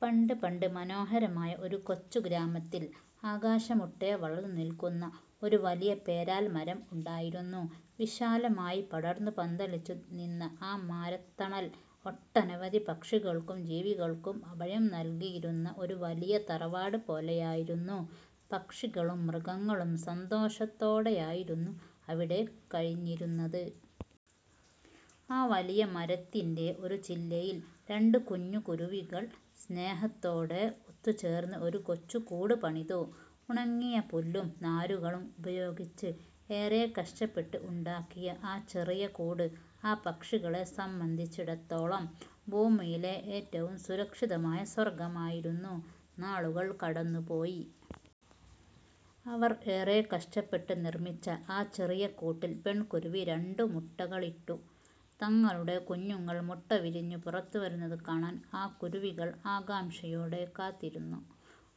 പണ്ട് പണ്ട് മനോഹരമായ ഒരു കൊച്ചു ഗ്രാമത്തിൽ, ആകാശമുട്ടേ വളർന്നു നിൽക്കുന്ന ഒരു വലിയ പേരാൽമരം ഉണ്ടായിരുന്നു. വിശാലമായി പടർന്നു പന്തലിച്ചു നിന്ന ആ മരത്തണൽ ഒട്ടനവധി പക്ഷികൾക്കും ജീവികൾക്കും അഭയം നൽകിയിരുന്ന ഒരു വലിയ തറവാട് പോലെയായിരുന്നു. പക്ഷികളും മൃഗങ്ങളും സന്തോഷത്തോടെയായിരുന്നു അവിടെ കഴിഞ്ഞിരുന്നത്. ആ വലിയ മരത്തിന്റെ ഒരു ചില്ലയിൽ, രണ്ട് കുഞ്ഞു കുരുവികൾ സ്നേഹത്തോടെ ഒത്തുചേർന്ന് ഒരു കൊച്ചു കൂട് പണിതു. ഉണങ്ങിയ പുല്ലും നാരുകളും ഉപയോഗിച്ച് ഏറെ കഷ്ടപ്പെട്ട് ഉണ്ടാക്കിയ ആ ചെറിയ കൂട് ആ പക്ഷികളെ സംബന്ധിച്ചിടത്തോളം ഭൂമിയിലെ ഏറ്റവും സുരക്ഷിതമായ സ്വർഗമായിരുന്നു. നാളുകൾ കടന്നുപോയി. അവർ ഏറെ കഷ്ടപ്പെട്ട് നിർമ്മിച്ച ആ ചെറിയ കൂട്ടിൽ പെൺകുരുവി രണ്ടു മുട്ടകളിട്ടു. തങ്ങളുടെ കുഞ്ഞുങ്ങൾ മുട്ട വിരിഞ്ഞു പുറത്തുവരുന്നത് കാണാൻ ആ കുരുവികൾ ആകാംക്ഷയോടെ കാത്തിരുന്നു.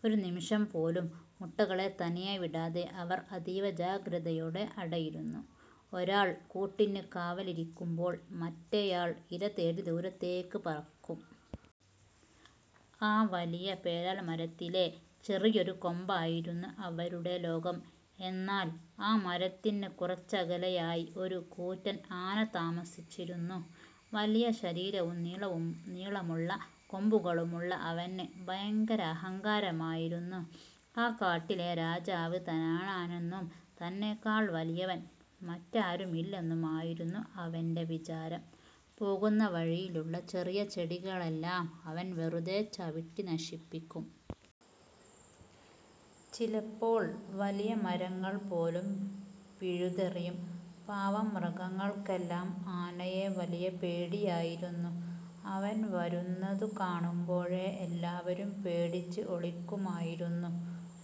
ഒരു നിമിഷം പോലും മുട്ടകളെ തനിയെ വിടാതെ അവർ അതീവ ജാഗ്രതയോടെ അടയിരുന്നു. ഒരാൾ കൂട്ടിന് കാവലിരിക്കുമ്പോൾ, മറ്റേയാൾ ഇര തേടി ദൂരേക്ക് പറക്കും. ആ വലിയ പേരാൽമരത്തിലെ ചെറിയൊരു കൊമ്പായിരുന്നു അവരുടെ ലോകം. എന്നാൽ, ആ മരത്തിന് കുറച്ചകലെയായി ഒരു കൂറ്റൻ ആന താമസിച്ചിരുന്നു. വലിയ ശരീരവും നീളമുള്ള കൊമ്പുകളുമുള്ള അവന് ഭയങ്കര അഹങ്കാരമായിരുന്നു. ഈ കാട്ടിലെ രാജാവ് താനാണെന്നും തന്നെക്കാൾ വലിയവൻ മറ്റാരുമില്ലെന്നുമായിരുന്നു അവന്റെ വിചാരം. പോകുന്ന വഴിയിലുള്ള ചെറിയ ചെടികളെല്ലാം അവൻ വെറുതെ ചവിട്ടി നശിപ്പിക്കും. ചിലപ്പോൾ വലിയ മരങ്ങൾ പോലും പിഴുതെറിയും. പാവം മൃഗങ്ങൾക്കെല്ലാം ആനയെ വലിയ പേടിയായിരുന്നു. അവൻ വരുന്നതു കാണുമ്പോഴേ എല്ലാവരും പേടിച്ച് ഒളിക്കുമായിരുന്നു.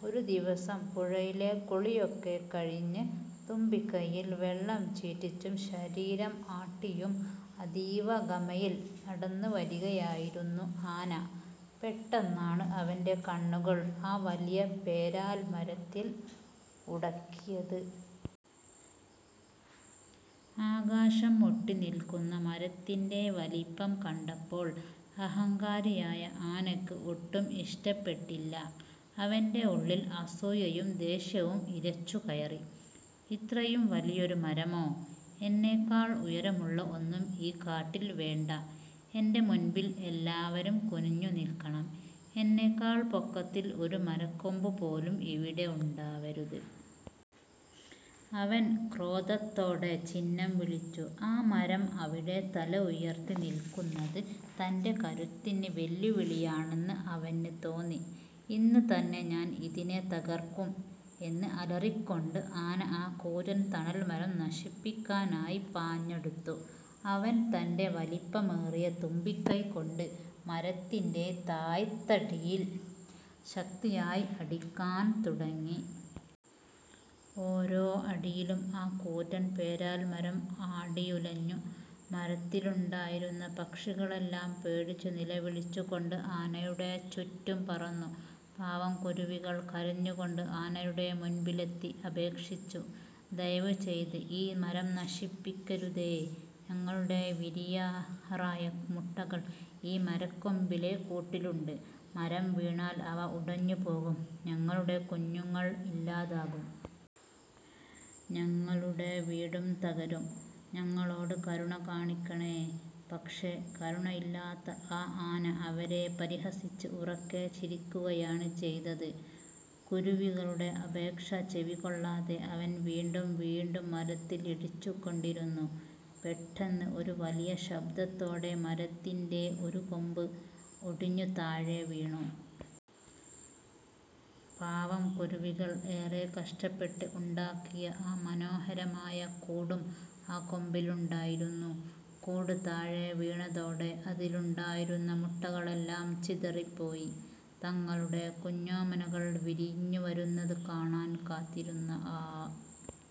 ഒരു ദിവസം പുഴയിലെ കുളിയൊക്കെ കഴിഞ്ഞ്, തുമ്പിക്കൈയിൽ വെള്ളം ചീറ്റിച്ചും ശരീരം ആട്ടിയും അതീവ ഗമയിൽ നടന്നു വരികയായിരുന്നു ആന. പെട്ടെന്നാണ് അവന്റെ കണ്ണുകൾ ആ വലിയ പേരാൽമരത്തിൽ ഉടക്കിയത്. ആകാശം മുട്ടി നിൽക്കുന്ന മരത്തിന്റെ വലിപ്പം കണ്ടപ്പോൾ അഹങ്കാരിയായ ആനയ്ക്ക് ഒട്ടും ഇഷ്ടപ്പെട്ടില്ല. അവന്റെ ഉള്ളിൽ അസൂയയും ദേഷ്യവും ഇരച്ചു കയറി. ഇത്രയും വലിയൊരു മരമോ? എന്നെക്കാൾ ഉയരമുള്ള ഒന്നും ഈ കാട്ടിൽ വേണ്ട! എന്റെ മുൻപിൽ എല്ലാവരും കുനിഞ്ഞു നിൽക്കണം. എന്നെക്കാൾ പൊക്കത്തിൽ ഒരു മരക്കൊമ്പുപോലും ഇവിടെ ഉണ്ടാവരുത്! " അവൻ ക്രോധത്തോടെ ചിന്നംവിളിച്ചു. ആ മരം അവിടെ തലയുയർത്തി നിൽക്കുന്നത് തന്റെ കരുത്തിന് വെല്ലുവിളിയാണെന്ന് അവന് തോന്നി. "ഇന്ന് തന്നെ ഞാൻ ഇതിനെ തകർക്കും! " എന്ന് അലറിക്കൊണ്ട്, ആന ആ കൂറ്റൻ തണൽമരം നശിപ്പിക്കാനായി പാഞ്ഞടുത്തു. അവൻ തന്റെ വലിപ്പമേറിയ തുമ്പിക്കൈ കൊണ്ട് മരത്തിന്റെ തായ്ത്തടിയിൽ ശക്തിയായി അടിക്കാൻ തുടങ്ങി. ഓരോ അടിയിലും ആ കൂറ്റൻ പേരാൽമരം ആടിയുലഞ്ഞു. മരത്തിലുണ്ടായിരുന്ന പക്ഷികളെല്ലാം പേടിച്ച് നിലവിളിച്ചു കൊണ്ട് ആനയുടെ ചുറ്റും പറന്നു. പാവം കുരുവികൾ കരഞ്ഞു കൊണ്ട് ആനയുടെ മുൻപിലെത്തി അപേക്ഷിച്ചു: "ദയവുചെയ്ത് ഈ മരം നശിപ്പിക്കരുതേ! ഞങ്ങളുടെ വിരിയാറായ മുട്ടകൾ ഈ മരക്കൊമ്പിലെ കൂട്ടിലുണ്ട്. മരം വീണാൽ അവ ഉടഞ്ഞുപോകും, ഞങ്ങളുടെ കുഞ്ഞുങ്ങൾ ഇല്ലാതാകും. ഞങ്ങളുടെ വീടും തകരും. ഞങ്ങളോട് കരുണ കാണിക്കണേ. " പക്ഷേ, കരുണയില്ലാത്ത ആ ആന അവരെ പരിഹസിച്ച് ഉറക്കെ ചിരിക്കുകയാണ് ചെയ്തത്. കുരുവികളുടെ അപേക്ഷ ചെവിക്കൊള്ളാതെ അവൻ വീണ്ടും വീണ്ടും മരത്തിൽ ഇടിച്ചു കൊണ്ടിരുന്നു. പെട്ടെന്ന്, ഒരു വലിയ ശബ്ദത്തോടെ മരത്തിന്റെ ഒരു കൊമ്പ് ഒടിഞ്ഞു താഴെ വീണു. പാവം കുരുവികൾ ഏറെ കഷ്ടപ്പെട്ട് ഉണ്ടാക്കിയ ആ മനോഹരമായ കൂടും ആ കൊമ്പിലുണ്ടായിരുന്നു. കൂട് താഴെ വീണതോടെ അതിലുണ്ടായിരുന്ന മുട്ടകളെല്ലാം ചിതറിപ്പോയി. തങ്ങളുടെ കുഞ്ഞോമനകൾ വിരിഞ്ഞുവരുന്നത് കാണാൻ കാത്തിരുന്ന ആ